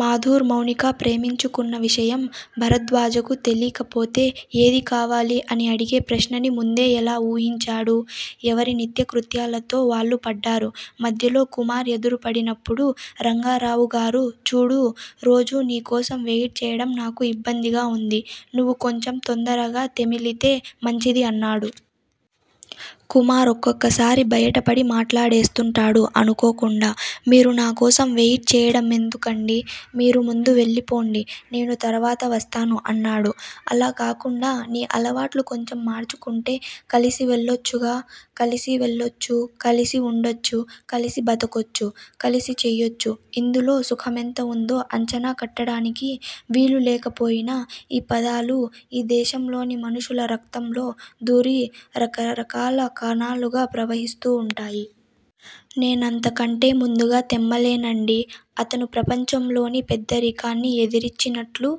మాధుర్, మౌనిక ప్రేమించుకున్న విషయం భరద్వాజకు తెలీకపోతే ఏది కావాలి అని అడిగే ప్రశ్నని ముందే ఎలా వూహించాడు। ఎవరి నిత్యకృత్యాలతో వాళ్ళు పడ్డారు. మధ్యలో కుమార్ ఎదురుపడినప్పుడు రంగారావుగారు చూడూ! రోజూ నీకోసం వెయిట్ చేయటం నాకు ఇబ్బందిగా వుంది. నువ్వు కొంచెం తొందరగా తెమిలితే మంచిది అన్నాడు. కుమార్ ఒక్కొక్కసారి బయటపడి మాట్లాడేస్తుంటాడు అనుకోకుండా. 'మీరు నాకోసం వెయిట్ చేయడమెందుకండీ? మీరు ముందు వెళ్ళిపొండి, నేను తరువాత వస్తాను' అన్నాడు. అలా కాకుండా నీ అలవాట్లు కొంచెం మార్చుకుంటే కలిసి వెళ్ళొచ్చుగా? కలిసి వెళ్ళొచ్చు, కలిసి వుండొచ్చు, కలిసి బతకొచ్చు, కలిసి చెయొచ్చు ఇందులో సుఖమెంత వుందో అంచనా కట్టటానికి వీల్లేకపోయినా ఈ పదాలు ఈ దేశంలోని మనుషుల రక్తంలో దూరి రకరకాల కణాలుగా ప్రవహిస్తూ వుంటాయి. నేనంతకంటే ముందుగా తెమల్లేనండీ. అతను ప్రపంచంలోని పెద్దరికాన్ని ఎదిరించినట్లు,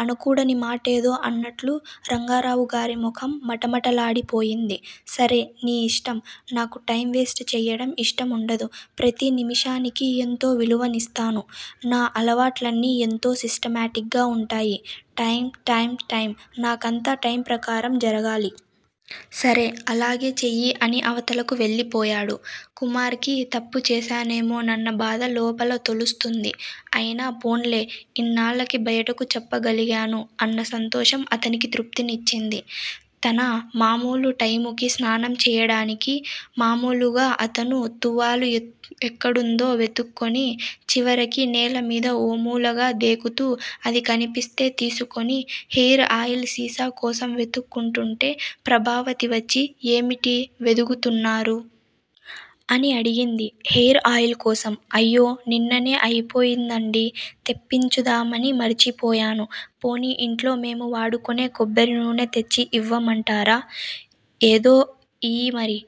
అనకూడని మాటేదో అన్నట్లు రంగారావుగారి ముఖం మటమటలాడిపోయింది. సరే, నీఇష్టం. నాకు టైం వేస్టుచేయటం ఇష్టంవుండదు. ప్రతి నిముషానికీ ఎంతో విలువనిస్తాను. నా అలవాట్లన్నీ ఎంతో సిస్టమేటిక్ గా వుంటాయి. Time time time! నాకంతా టైమ్ ప్రకారం జరగాలి. సరే అలాగే చెయ్యి అని అవతలకు వెళ్ళిపోయాడు. కుమార్ కి తప్పు చేశానేమోనన్న బాధ లోపల తొలుస్తుంది. అయినా పోన్లే, ఇన్నేళ్ళకి బయటకు చెప్పగలిగాను అన్న సంతోషం అతనికి తృప్తినిచ్చింది. తన మామూలుటైముకి స్నానం చేయటానికి మామూలుగా అతను తువ్వాలు ఎక్కడుందో వెతుక్కుని, చివరికి నేలమీద ఓమూలగా దేకుతూ అది కనిపిస్తే తీసుకుని, హెయిర్ ఆయిల్ సీసాకోసం వెతుక్కుంటుంటే ప్రభావతి వచ్చి ఏమిటి వెదుకుతున్నారు? అని అడిగింది. హెయిర్ ఆయిల్ కోసం అయ్యో! నిన్ననే అయిపోయిందండీ. తెప్పించుదామని మరిచిపోయాను. పోనీ ఇంట్లో మేము వాడుకునే కొబ్బరినూనె తెచ్చి ఇవ్వమంటారా? ఏదో ఇయ్యి మరి.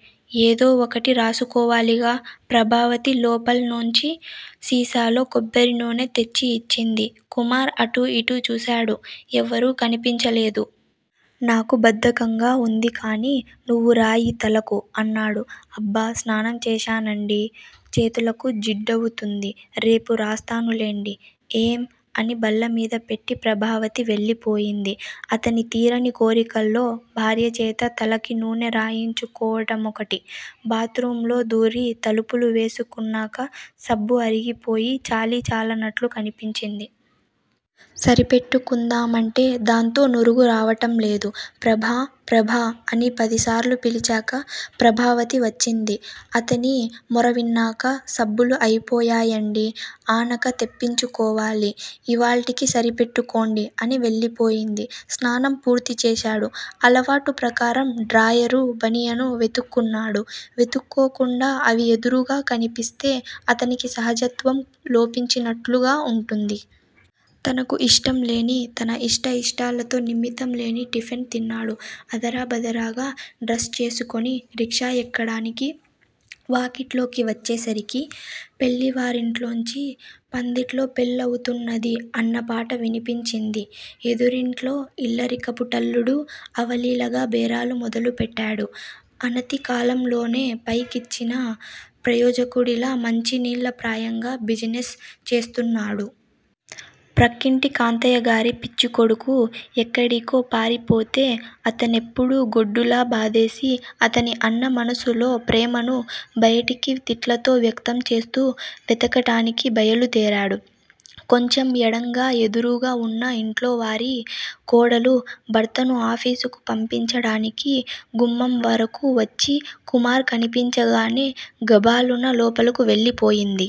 ఏదో ఒకటి రాసుకోవాలిగా! ప్రభావతి లోపల్నుంచి సీసాలో కొబ్బరినూనె తెచ్చిఇచ్చింది. కుమార్ అటూఇటూ చూశాడు. ఎవరూ కనిపించలేదు. నాకు బద్దకంగా వుందికానీ, నువ్వు రాయి తలకు అన్నాడు. అబ్బ! స్నానం చేశానండీ. చేతులకు జిడ్డవుతుంది. రేపు రాస్తానులెండి. ఏం? అని బల్లమీద పెట్టి ప్రభావతి వెళ్ళిపోయింది. అతని తీరని కోరికల్లో భార్యచేత తలకి నూనె రాయించుకోవటమొకటి. బాత్ రూం లో దూరి తలుపులు వేసుకున్నాక సబ్బు అరిగిపోయి చాలీ చాలనట్లు కనిపించింది. సరిపెట్టుకుందామంటే దాంతో నురుగు రావటంలేదు. ప్రభా! ప్రభా! అని పదిసార్లు పిలిచాక ప్రభావతి వచ్చింది. అతని మొరవిన్నాక సబ్బులు అయిపోయాయండీ. ఆనక తెప్పించుకోవాలి. ఇవాల్టికి సరిపెట్టుకోండి అని వెళ్ళిపోయింది. స్నానం పూర్తిచేశాడు. అలవాటు ప్రకారం డ్రాయరు, బనియను వెతుక్కున్నాడు. వెతుక్కోకుండా అవి ఎదురుగా కనిపిస్తే అతనికి సహజత్వం లోపించినట్లుగా వుంటుంది. తనకు ఇష్టంలేని, తన ఇష్టాఇష్టాలతో నిమిత్తం లేని టిఫిన్ తిన్నాడు. ఆదరబదరగా డ్రెస్ చేసుకుని రిక్షా ఎక్కడానికి, వాకిట్లోకి వచ్చేసరికి పెళ్ళి వారింట్లోంచి 'పందిట్లో పెళ్లవుతున్నది' అన్నపాట వినిపిస్తుంది. ఎదురింట్లో ఇల్లరికపుటల్లుడు అవలీలగా బేరాలు మొదలుపెట్టాడు. అనతికాలంలోనే పైకిచ్చిన ప్రయోజకుడిలా మంచినీళ్ళ ప్రాయంగా బిజినెస్ చేస్తున్నాడు. ప్రక్కింటి కాంతయ్యగారి పిచ్చికొడుకు ఎక్కడికో పారిపోతే అతన్నెప్పుడూ గొడ్డులా బాదేసే అతని అన్న మనసులో ప్రేమను బయటికి తిట్లతో వ్యక్తంచేస్తూ వెతకడానికి బయల్దేరాడు. కొంచెం ఎడంగా, ఎదురుగా వున్న ఇంట్లోవారి కోడలు భర్తను ఆఫీసుకు పంపించటానికి గుమ్మంవరకూ వచ్చి కుమార్ కనిపించగానే గభాలున లోపలకు వెళ్ళిపోయింది.